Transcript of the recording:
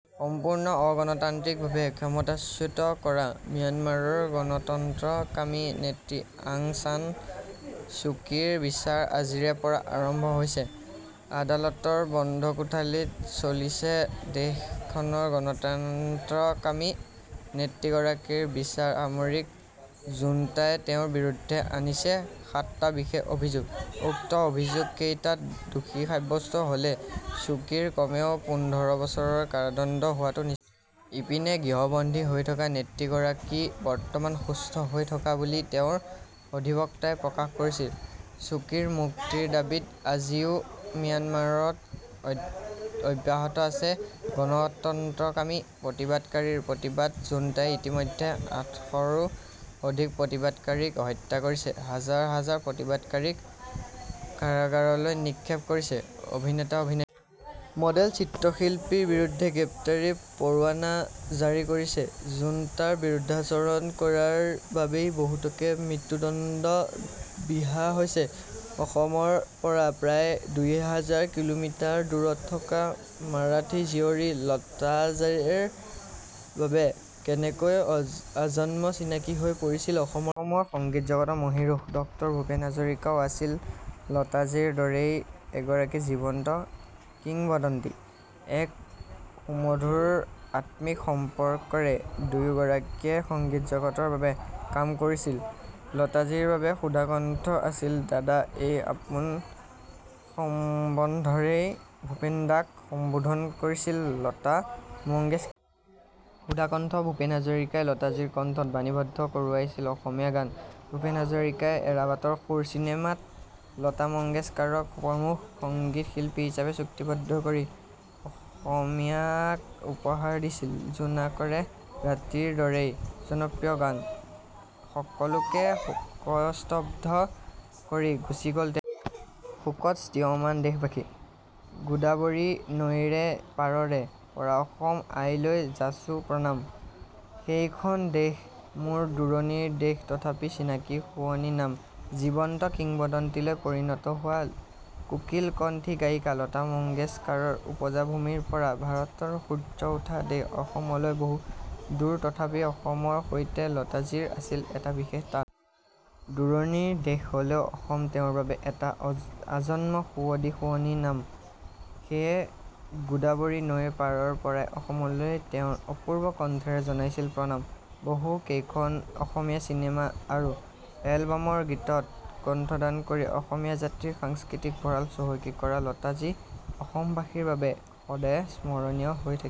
সম্পূৰ্ণ অগণতান্ত্ৰিক ভাবে ক্ষমতাচ্যুত কৰা ম্যানমাৰৰ গণতন্ত্ৰকামী নেত্ৰী আং চান চ্যুকীৰ বিচাৰ আজিৰে পৰা আৰম্ভ হৈছে। আদালতৰ বন্ধ কোঠালীত চলিছে দেশ খনৰ গণতন্ত্ৰকামী নেত্ৰীগৰাকীৰ বিচাৰ সামৰিক জুণ্টাই তেওঁৰ বিৰুদ্ধে আনিছে সাতটা বিশেষ অভিযোগ। উক্ত অভিযোগ কেইটাত দোষী সাৱস্ত্য হলে চ্যুকীৰ কমেও পোন্ধৰ বছৰৰ কাৰাদণ্ড হোৱাটো নিশ্চিত। ইপিনে গৃহবন্দী হৈ থকা নেত্ৰীগৰাকী বৰ্তমান সুস্থ হৈ থকা বুলি তেওঁৰ অধিবক্তাই প্ৰকাশ কৰিছিল। চ্যুকীৰ মুক্তিৰ দাবীত আজিও ম্যানমাৰত অব্যাহত আছে গণতন্ত্ৰকামী প্ৰতিবাদকাৰীৰ প্ৰতিবাদ জুণ্টাই ইতিমধ্যে আঠশৰো অধিক প্ৰতিবাদকাৰীক হত্যা কৰিছে। হাজাৰ হাজাৰ প্ৰতিবাদকাৰীক কাৰাগাৰলৈ নিক্ষেপ কৰিছে। অভিনেতা-অভিনেত্ৰী মডেল চিত্ৰ শিল্পীৰ বিৰুদ্ধে গ্ৰেপ্তাৰী পৰোৱানা জাৰি কৰিছে। জুণ্টাৰ বিৰুদ্ধাচৰণ কৰাৰ বাবেই বহুতকে মৃত্যুদণ্ড বিহা হৈছে । অসমৰ পৰা প্ৰায় দুই হাজাৰ কিলোমিটাৰ দূৰত থকা মাৰাঠী জীয়ৰী লতাজীৰ বাবে কেনেকৈ অ আজন্ম চিনাকী হৈ পৰিছিল অসমৰ অসমৰ সংগীত জগতৰ মহীৰূহ ডক্টৰ ভূপেন হাজৰিকাও আছিল লতাজীৰ দৰেই এগৰাকী জীৱন্ত কিম্বদন্তী। এক সুমধুৰ আত্মিক সম্পৰ্কৰে দুয়ো গৰাকীয়ে সংগীত জগতৰ বাবে কাম কৰিছিল। লতাজীৰ বাবে সুধাকণ্ঠ আছিল দাদা। এই আপোন সম্বন্ধৰেই ভূপেন দাক সম্বোধন কৰিছিল লতা মংগেশ সুধাকণ্ঠ ভূপেন হাজাৰিকাই লতাজীৰ কণ্ঠত বাণীবদ্ধ কৰোৱাইছিল অসমীয়া গান। ভূপেন হাজাৰিকাই এৰা বাটৰ সুৰ চিনেমাত লতা মংগেশকাৰক প্ৰমূখ সংগীত শিল্পী হিচাপে চুক্তিবদ্ধ কৰি অসমীয়াক উপহাৰ দিছিল জোনাকৰে ৰাতিৰ দৰে জনপ্ৰিয় গান। সকলোকে শোকস্তব্দ্ধ কৰি গুচি গ'ল তে শোকত ম্ৰিয়মান দেশবাসী। গোদাবৰী নৈৰে পাৰৰে পৰা অসম আইলৈ যাচোঁ প্ৰণাম। সেইখন দেশ মোৰ দূৰণিৰ দেশ তথাপি চিনাকি শুৱনি নাম। জীৱন্ত কিম্বদন্তীলৈ পৰিণত হোৱা কোকিল কণ্ঠী গায়িকা লতা মংগেশকাৰৰ ওপজা ভূমিৰ পৰা ভাৰতৰ সূৰ্য উঠা দেশ অসমলৈ বহু দূৰ তথাপি অসমৰ সৈতে লতাজীৰ আছিল এটা বিশেষ টান। দূৰণিৰ দেশ হলেও অসম তেওঁৰ বাবে এটা আজন্ম সুৱদী শুৱনি নাম। সেয়ে গোদাবৰী নৈৰ পাৰৰ পৰাই অসমলৈ তেওঁৰ অপূৰ্ব কণ্ঠেৰে জনাইছিল প্ৰণাম। বহু কেইখন অসমীয়া চিনেমা আৰু এলবামৰ গীতত কণ্ঠদান কৰি অসমীয়া জাতিৰ সাংস্কৃতিক ভঁড়াল চহকী কৰা লতাজী অসমবাসীৰ বাবে সদায়ে স্মৰণীয় হৈ থাকি